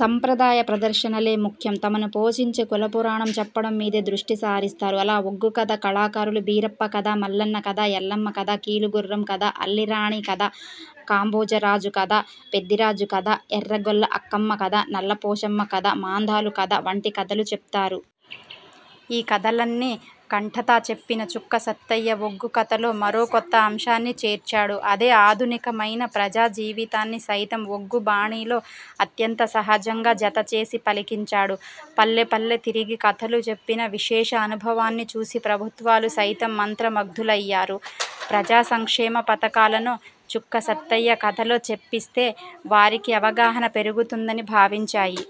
సంప్రదాయ ప్రదర్శనలే ముఖ్యం. తమను పోషించే కులపురాణం చెప్పడం మీదే దృష్టి సారిస్తారు. అలా ఒగ్గు కథ కళాకారులు బీరప్ప కథ, మల్లన్న కథ, ఎల్లమ్మ కథ, కీలుగుర్రం కథ, అల్లిరాణి కథ, కాంబోజరాజు కథ, పెద్దిరాజు కథ, ఎర్రగొల్ల అక్కమ్మ కథ, నల్లపోషమ్మ కథ, మాందాలు కథ వంటి కథలు చెప్తారు. ఈ కథలన్ని కంఠతా చెప్పిన చుక్క సత్తయ్య ఒగ్గుకథలో మరోకొత్త అంశాన్ని చేర్చాడు. అదే ఆధునికమైన ప్రజా జీవితాన్ని సైతం ఒగ్గు బాణీలో అత్యంత సహజంగా జతచేసి పలికించాడు. పల్లెపల్లె తిరిగి కథలు చెప్పిన విశేష అనుభవాన్ని చూసి, ప్రభుత్వాలు సైతం మంత్ర ముగ్ధులయ్యాయి. ప్రజాసంక్షేమ పథకాలను చుక్క సత్తయ్య కథలో చెప్పిస్తే, వారికి అవగాహన పెరుగుతుందని భావించాయి.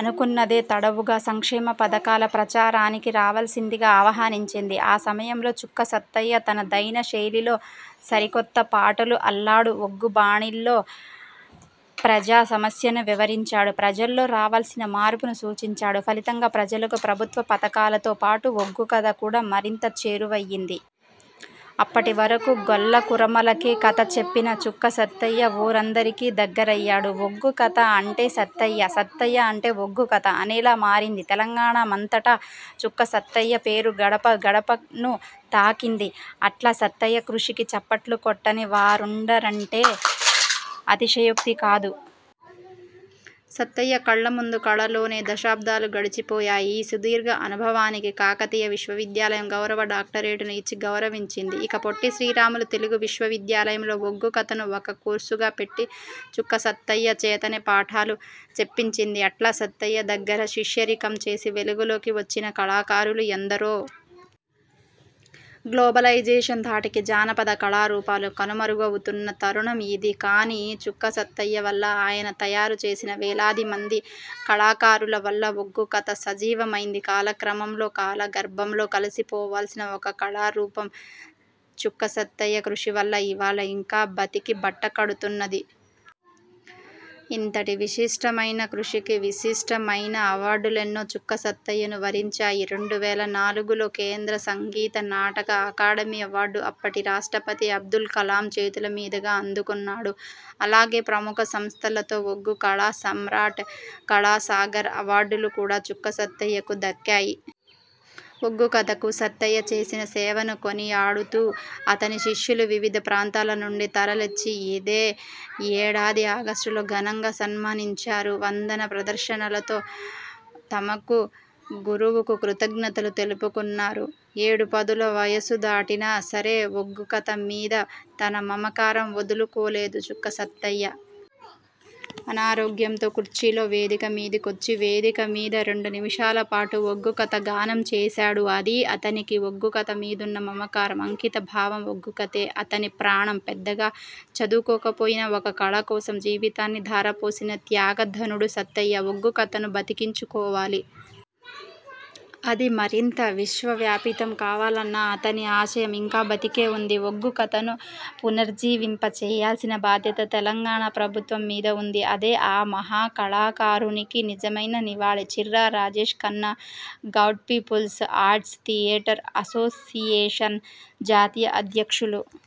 అనుకున్నదే తడవుగా సంక్షేమ పథకాల ప్రచారానికి రావాల్సిందిగా ఆహ్వానించింది. ఆ సమయంలో చుక్క సత్తయ్య తన దైన శైలిలో సరికొత్త పాటలు అల్లాడు. ఒగ్గు బాణీల్లో ప్రజా సమస్యను వివరించాడు. ప్రజల్లో రావాల్సిన మార్పును సూచించాడు. ఫలితంగా ప్రజలకు ప్రభుత్వ పథకాలతో పాటు ఒగ్గుకథ కూడా మరింత చేరువయ్యింది. అప్పటి వరకు గొల్లకురమలకే కథ చెప్పిన చుక్క సత్తయ్య ఊరందరికీ దగ్గరయ్యాడు. ఒగ్గు కథ అంటే సత్తయ్య, సత్తయ్య అంటే ఒగ్గుకథ అనేలా మారింది. తెలంగాణ మంతటా చుక్క సత్తయ్య పేరు గడప గడపను తాకింది. అట్లా సత్తయ్య కృషికి చప్పట్లు కొట్టని వారుండరంటే అతి శయోక్తి కాదు. సత్తయ్య కళ్ల ముందు కళలోనే దశాబ్దాలు గడిచిపోయాయి. ఈ సుదీర్ఘ అనుభవానికి కాకతీయ విశ్వవిద్యాలయం గౌరవ డాక్టరేటుని ఇచ్చి గౌరవించింది. ఇక పొట్టి శ్రీరాములు తెలుగు విశ్వవిద్యాలయంలో ఒగ్గు కథను ఒక కోర్సుగా పెట్టి, చుక్క సత్తయ్య చేతనే పాఠాలు చెప్పించింది. అట్లా సత్తయ్య దగ్గర శిష్యరికం చేసి వెలుగులోకి వచ్చిన కళాకారులు ఎందరో. గ్లోబలైజేషన్ ధాటికి జానపద కళారూపాలు కనుమరుగవుతున్న తరుణం ఇది. కానీ, చుక్క సత్తయ్య వల్ల, ఆయన తయారు చేసిన వేలాది మంది కళా కారుల వల్ల ఒగ్గు కథ సజీవమైంది. కాల క్రమంలో కాల గర్భంలో కలిసిపోవాల్సిన ఒక కళారూపం, చుక్క సత్తయ్య కృషి వల్ల ఇవాళ ఇంకా బతికి బట్ట కడుతున్నది. ఇంతటి విశిష్టమైన కృషికి విశిష్టమైన అవార్డులెన్నో చుక్క సత్తయ్యను వరించాయి. రెండు వేల నాలుగులో కేంద్ర సంగీత నాటక అకాడెమి అవార్డు, అప్పటి రాష్ట్రపతి అబ్దుల్ కలాం చేతుల మీదుగా అందుకున్నాడు. అలాగే ప్రముఖ సంస్థలతో ఒగ్గు కళా సమ్రాట్, కళాసాగర్ అవార్డులు కూడా చుక్క సత్తయ్యకు దక్కాయి. ఒగ్గుకథకు సత్తయ్య చేసిన సేవను కొనియాడుతూ, అతని శిష్యులు వివిధ ప్రాంతాల నుండి తరలచ్చి ఇదే యేడాది ఆగష్టులో ఘనంగా సన్మానించారు. వందన ప్రదర్శనలతో తమకు గురువుకు కృతజ్ఞతలు తెలుపుకున్నారు. ఏడుపదుల వయసు దాటినా సరే ఒగ్గు కథ మీద తన మమకారం వదులుకోలేదు చుక్క సత్తయ్య. అనారోగ్యంతో కుర్చీలో వేదిక మీదికొచ్చి వేదిక మీద రెండు నిమిషాల పాటు ఒగ్గుకథ గానం చేశాడు. అదీ అతనికి ఒగ్గు కథ మీదున్న మమకారం. అంకితభావం. ఒగ్గుకథే అతని ప్రాణం. పెద్దగా చదువుకోకపోయినా ఒక కళ కోసం జీవితాన్ని ధారపోసిన త్యాగధనుడు సత్తయ్య. ఒగ్గుకథను బతికించుకోవాలి. అది మరింత విశ్వవ్యాపితం కావాలన్న అతని ఆశయం ఇంకా బతికే ఉంది. ఒగ్గు కథను పునర్జీవింప చేయాల్సిన బాధ్యత తెలంగాణ ప్రభుత్వం మీద ఉంది. అదే ఆ మహా కళాకారునికి నిజమైన నివాళి. Chirra Rajesh Khanna Goud peoples arts theatre association జాతీయ అధ్యక్షులు